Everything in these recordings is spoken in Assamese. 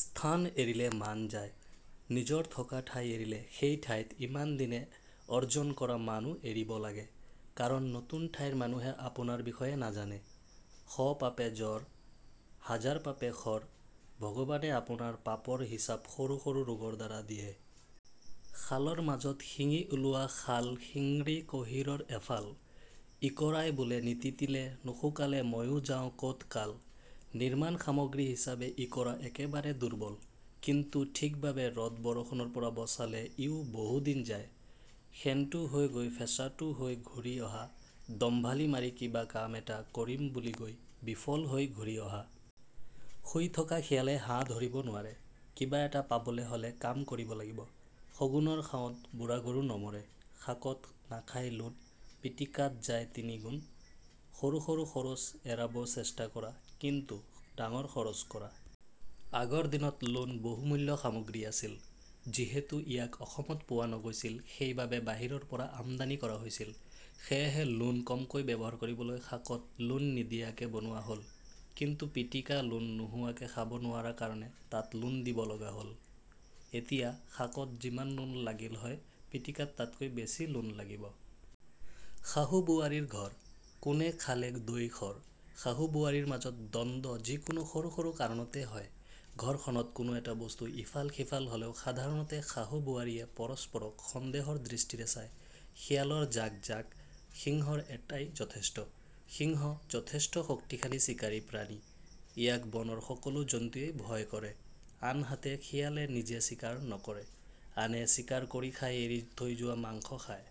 স্থান এৰিলে মান যায়: নিজৰ থকা ঠাই এৰিলে সেই ঠাইত ইমান দিনে আৰ্জন কৰা মান ও এৰিব লাগে, কাৰণ নতুন ঠাইৰ মানুহে আপোনাৰ বিষয়ে নাজানে। শ পাপে জ্বৰ, হাজাৰ পাপে খৰ: ভগবানে আপোনাৰ পাপৰ হিচাপ সৰু সৰু ৰোগৰ দ্বাৰা দিয়ে। শালৰ মাজত শিঙি ওলোৱা শাল শিঙৰি কহিৰৰ এফাল, ইকৰাই বোলে নিতিতিলে নুশুকালে ময়ো যাও কত কাল: নিৰ্মাণ সামগ্ৰী হিচাবে ইকৰা একেবাৰে দুৰ্বল, কিন্তু ঠিকভাবে ৰ'দ-বৰষুণৰ পৰা বছালে ইও বহুদিন যায়। শেনতো হৈ গৈ ফেঁচাতো হৈ ঘূৰি অহা: দম্ভালি মাৰি কিবা কাম এটা কৰিম বুলি গৈ বিফল হৈ ঘূৰি অহা। শুই থকা শিয়ালে হাঁহ ধৰিব নোৱাৰে: কিবা এটা পাবলে হলে কাম কৰিব লাগিব। শগুনৰ শাওত বুঢ়া গৰু নমৰে শাকত নাখাই লোণ, পিটিকাত যায় তিনিগুণ: সৰু সৰু খৰচ এৰাব চেষ্টা কৰা, কিন্তু ডাঙৰ খৰচ কৰা। আগৰ দিনত লোণ বহুমূল্য সামগ্ৰী আছিল, যিহেতু ইয়াক অসমত পোৱা নগৈছিল সেই বাবে বাহিৰৰ পৰা আমদানী কৰা হৈছিল। সেয়েহে লোণ কমকৈ ব্যৱহাৰ কৰিবলৈ শাকত লোণ নিদিয়াকে বনোৱা হল, কিন্তু পিটিকা লোণ নোহোৱাকে খাব নোৱাৰা কাৰণে তাত লোণ দিব লগা হল, এতিয়া শাকত যিমান লোণ লাগিলহৈ পিটিকাত তাতকৈ বেছি লোণ লাগিব। শাহু-বোৱাৰীৰ ঘৰ, কোনে খালে দৈ-সৰ: শাহু বোৱাৰীৰ মাজত দ্বন্দ্ব যিকোনো সৰু সৰু কাৰণতে হয়। ঘৰখনত কোনো এটা বস্তু ইফাল সিফাল হ'লেও সাধাৰণতে শাহু-বোৱাৰীয়ে পৰস্পৰক সন্দেহৰ দৃষ্টিৰে চায়। শিয়ালৰ জাক জাক, সিংহৰ এটাই যথেষ্ট: সিংহ যথেষ্ট শক্তিশালী চিকাৰী প্ৰাণী, ইয়াক বনৰ সকলো জন্তুৱেই ভয় কৰে, আনহাতে শিয়ালে নিজে চিকাৰ নকৰে, আনে চিকাৰ কৰি খাই এৰি থৈ যোৱা মাংস খায়।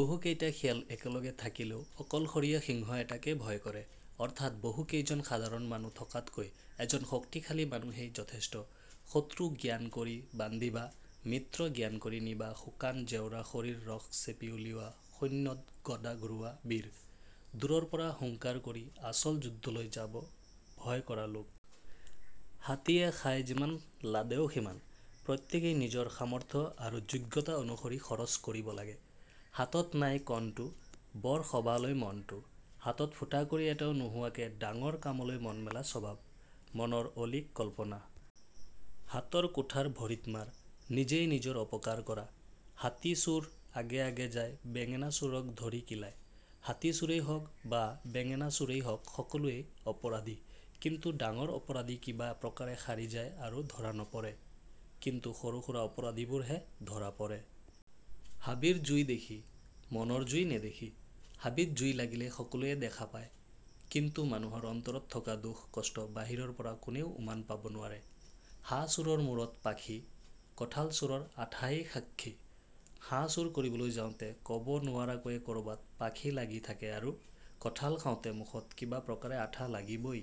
বহুকেইটা শিয়াল একেলগে থাকিলেও অকলশৰীয়া সিংহ এটাকে ভয় কৰে। অৰ্থাৎ বহুকেইজন সাধাৰণ মানুহ থকাতকৈ এজন শক্তিশালী মানুহেই যথেষ্ট। শত্ৰু জ্ঞান কৰি বান্ধিবা, মিত্ৰ জ্ঞান কৰি নিবা শুকান জেওৰা খৰিৰ ৰস চেপি উলিওৱা শূন্যত গডা ঘূৰোৱা বীৰ: দূৰৰ পৰা হুঙ্কাৰ কৰি আচল যুদ্ধলৈ যাব ভয় কৰা লোক। হাতীয়ে খায় যিমান লাডেও সিমান: প্ৰত্যেকেই নিজৰ সামৰ্থ আৰু যোগ্যতা অনুসৰি খৰচ কৰিব লাগে। হাতত নাই কণটো, বৰ সবাহলৈ মনটো: হাতত ফুটাকড়ি এটাও নোহোৱাকে ডাঙৰ কামলৈ মন মেলা স্বভাৱ। মনৰ অলীক কল্পনা। হাতৰ কুঠাৰ ভৰিত মাৰ: নিজেই নিজৰ অপকাৰ কৰা। হাতী চোৰ আগে আগে যায় বেঙেনা চোৰক ধৰি কিলায়: হাতী চোৰেই হওক বা বেঙেনা চোৰেই হওক সকলোৱেই অপৰাধী। কিন্তু ডাঙৰ অপৰাধী কিবা প্ৰকাৰে সাৰি যায় আৰু ধৰা নপৰে, কিন্তু সৰু-সুৰা অপৰাধীবোৰ হে ধৰা পৰে। হাবিৰ জুই দেখি, মনৰ জুই নেদেখি: হাবিত জুই লাগিলে সকলোৱে দেখা পায়, কিন্তু মানুহৰ অন্তৰত থকা দুখঃ কষ্ট বাহিৰৰ পৰা কোনেও উমান পাব নোৱাৰে। হাঁহ চোৰৰ মূৰত পাখি, কঁঠাল চোৰৰ আঠায়ে সাক্ষী: হাঁহ চোৰ কৰিবলৈ যাওঁতে ক'ব নোৱাৰাকৈয়ে ক'ৰবাত পাখি লাগি থাকে আৰু কঁঠাল খাওঁতে মুখত কিবা প্ৰকাৰে আঠা লাগিবই।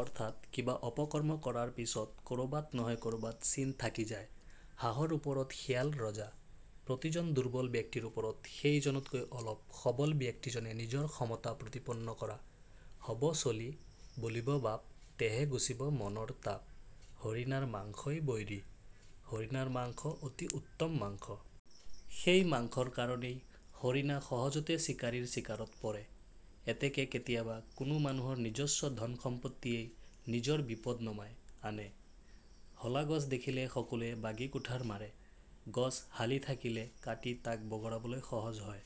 অৰ্থাৎ কিবা অপকৰ্ম কৰাৰ পিছত ক'ৰবাত নহয় ক'ৰবাত চিন থাকি যায়। হাঁহৰ ওপৰত শিয়াল ৰজা: প্ৰতিজন দুৰ্বল ব্যক্তিৰ ওপৰত সেই জনতকৈ অলপ সবল ব্যক্তিজনে নিজৰ ক্ষমতা প্ৰতিপন্ন কৰা। হ'ব চলি, বুলিব বাপ, তেহে গুচিব মনৰ তাপ হৰিণাৰ মাংসই বৈৰী: হৰিণাৰ মাংস অতি উত্তম মাংস। সেই মাংসৰ কাৰণেই হৰিণা সহজতে চিকাৰীৰ চিকাৰত পৰে। এতেকে কেতিয়াবা কোনো মানুহৰ নিজস্ব ধন-সম্পত্তিয়েই নিজৰ বিপদ নমায় আনে। হলা গছ দেখিলে সকলোৱে বাগি কুঠাৰ মাৰে: গছ হালি থকিলে কাটি তাক বগৰাবলৈ সহজ হয়।